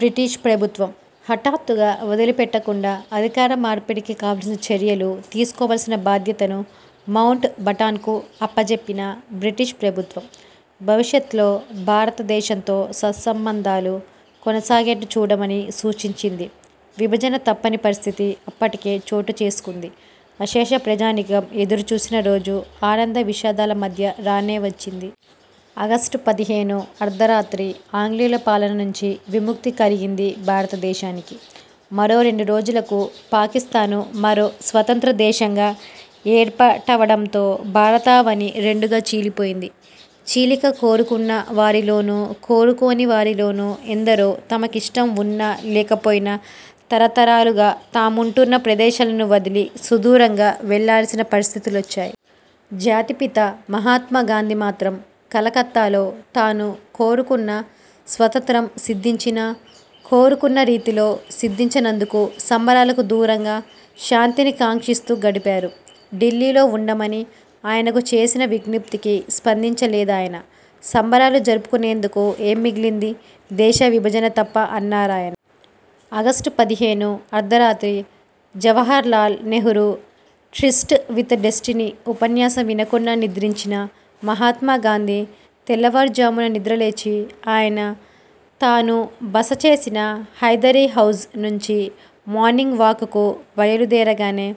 British ప్రభుత్వం. హఠాత్తుగా వదిలిపెట్టకుండా, అధికార మార్పిడికి కావాల్సిన చర్యలు తీసుకోవాల్సిన బాధ్యతను మౌంట్ బాటన్కు అప్పచెప్పిన బ్రిటీష్ ప్రభుత్వం, భవిష్యత్లో భారత దేశంతో సత్సంబంధాలు కొనసాగేట్లు చూడమని సూచించింది. విభజన తప్పని పరిస్థితి అప్పటికే చోటు చేసుకుంది. అశేష ప్రజానీకం ఎదురు చూసిన రోజు ఆనంద విషాదాల మధ్య రానే వచ్చింది. ఆగస్టు పదిహేను అర్థ రాత్రి ఆంగ్లేయుల పాలన నుంచి విముక్తి కలిగింది భారత దేశానికి. మరో రెండు రోజులకు పాకిస్తాన్ మరో స్వతంత్ర దేశంగా ఏర్పాటవడంతో భారతావని రెండుగా చీలి పోయింది. చీలిక కోరుకున్న వారిలోను, కోరుకోని వారిలోను, ఎందరో తమకిష్టం వున్నా లేకపోయినా, తర తరాలుగా తాముంటున్న ప్రదేశాలను వదిలి, సుదూరంగా వెళ్లాల్సిన పరిస్థితులొచ్చాయి. జాతి పిత మహాత్మా గాంధీ మాత్రం, కలకత్తా లో తాను కోరుకున్న స్వతంత్రం సిద్ధించినా, కోరుకున్న రీతిలో సిద్ధించనందుకు సంబరాలకు దూరంగా, శాంతిని కాంక్షిస్తూ గడిపారు. ఢిల్లీలో వుండమని ఆయనకు చేసిన విజ్ఞప్తికి స్పందించ లేదాయన. సంబరాలు జరుపుకునేందుకు ఏం మిగిలింది? దేశ విభజన తప్ప అన్నారాయన. ఆగస్టు పదిహేను అర్థ రాత్రి Jawaharlal Nehru 'tryst with destiny' ఉపన్యాసం వినకుండా నిద్రించిన మహాత్మా గాంధీ తెల్లవారుజామున నిద్రలేచి, ఆయన తాను బస చేసిన 'హైదరీ హౌజ్' నుంచి మార్నింగ్ వాక్ కు బయలు దేరగానే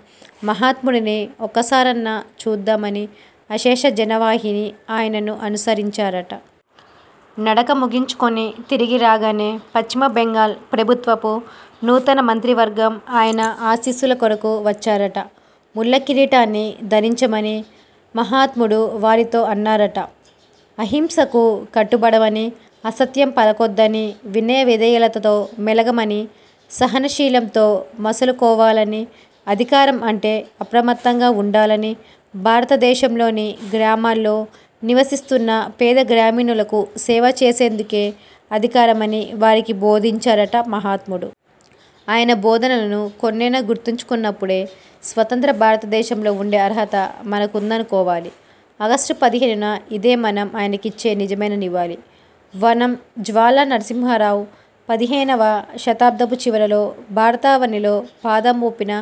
మహాత్ముడిని ఒక్క సారన్నా చూద్దామని అశేష జన వాహిని ఆయనను అనుసరించారట. నడక ముగించుకుని తిరిగి రాగానే, పశ్చిమ బెంగాల్ ప్రభుత్వపు నూతన మంత్రివర్గం ఆయన ఆశీస్సులకొరకు వచ్చారట. 'ముళ్ల కిరీటాన్ని' ధరించమని మహాత్ముడు వారితో అన్నారట! అహింసకు కట్టుబడమని, అసత్యం పలకొద్దని, వినయ విధేయతలతో మెలగ మని, సహన శీలంతో మసలు కోవాలని, అధికారం అంటే అప్రమత్తంగా వుండాలని, భారతదేశంలోని గ్రామాల్లో నివసిస్తున్న పేద గ్రామీణులకు సేవ చేసేందుకే అధికారమని వారికి బోధించారట మహాత్ముడు. ఆయన బోధనలను కొన్నైనా గుర్తుంచుకున్నప్పుడే, స్వతంత్ర భారతదేశంలో వుండే అర్హత మనకుందనుకోవాలి. ఆగస్టు పదిహేనున ఇదే మనం ఆయనకిచ్చే నిజమైన నివాళి. వనం జ్వాలా నరసింహారావు పదిహేనవ శతాబ్దపు చివరలో భారతా వనిలో పాదం మోపిన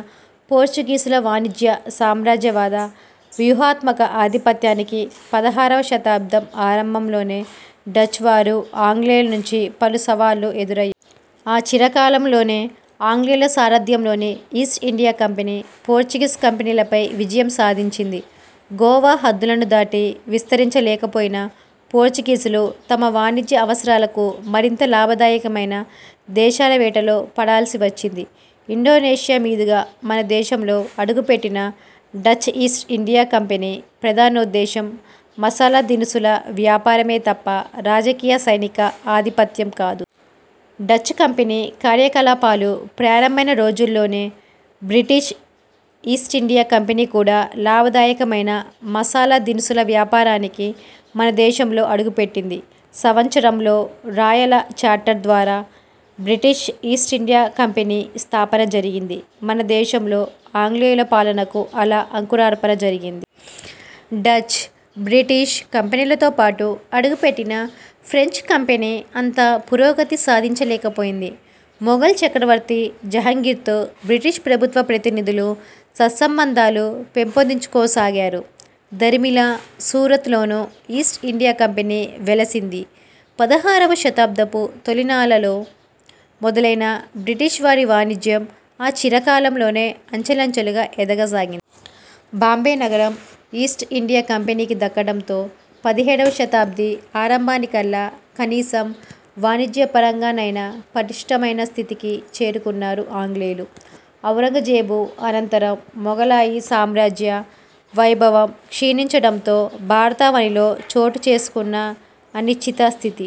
పోర్చుగీసుల వాణిజ్య సామ్రాజ్య వాద వ్యూహాత్మక ఆధిపత్యానికి పదహారవ శతాబ్దం ఆరంభంలోనే డచ్ వారు, ఆంగ్లేయుల నుంచి పలు సవాళ్లు ఎదురయ్యాయి. అచిర కాలం లోనే ఆంగ్లేయుల సారథ్యంలోని ఈస్ట్ ఇండియా కంపెనీ, పోర్చుగీస్ కంపెనీలపై విజయం సాధించింది. గోవా హద్దులను దాటి విస్తరించ లేకపోయిన పోర్చుగీసులు తమ వాణిజ్య అవసరాలకు మరింత లాభదాయకమైన దేశాల వేటలో పడాల్సి వచ్చింది. ఇండొనేషియా మీదుగా మనదేశంలో అడుగు పెట్టిన డచ్ ఈస్ట్ ఇండియా కంపెనీ ప్రధానోద్దేశం మసాలా దినుసుల వ్యాపారమే తప్ప రాజకీయ సైనిక ఆధిపత్యం కాదు. డచ్ కంపెనీ కార్యకలాపాలు ప్రారంభమైన రోజుల్లోనే, బ్రిటీష్ ఈస్ట్ ఇండియా కంపెనీ కూడా లాభదాయకమైన మసాలా దినుసుల వ్యాపారానికి మన దేశంలో అడుగుపెట్టింది. సంవత్సరంలో, రాయల్ చార్టర్ ద్వారా బ్రిటీష్ ఈస్ట్ ఇండియా కంపెనీ స్థాపన జరిగింది. మన దేశంలో ఆంగ్లేయుల పాలనకు అలా అంకురార్పణ జరిగింది. డచ్, బ్రిటీష్ కంపెనీలతో పాటు అడుగుపెట్టిన ఫ్రెంచ్ కంపెనీ అంత పురోగతి సాధించ లేకపోయింది. మొగల్ చక్రవర్తి జహంగీర్తో బ్రిటీష్ ప్రభుత్వ ప్రతినిధులు సత్సంబంధాలు పెంపొందించుకోసాగారు. దరిమిలా సూరత్ లోనూ ఈస్ట్ ఇండియా కంపెనీ వెలసింది. పదహారవ శతాబ్దపు తొలి నాళ్లలో మొదలైన బ్రిటీష్ వారి వాణిజ్యం అచిర కాలంలోనే అంచెలంచెలుగా ఎదగసాగింది. బాంబే నగరం ఈస్ట్ ఇండియా కంపెనీకి దక్కడంతో, పదిహేడవ శతాబ్ది ఆరంభానికల్లా, కనీసం వాణిజ్యపరంగా నైనా పటిష్ఠమైన స్థితికి చేరుకున్నారు ఆంగ్లేయులు. ఔరంగజేబు అనంతరం మొగలాయి సామ్రాజ్య వైభవం క్షీణించడంతో భారతావనిలో చోటు చేసుకున్న అనిశ్చిత స్థితి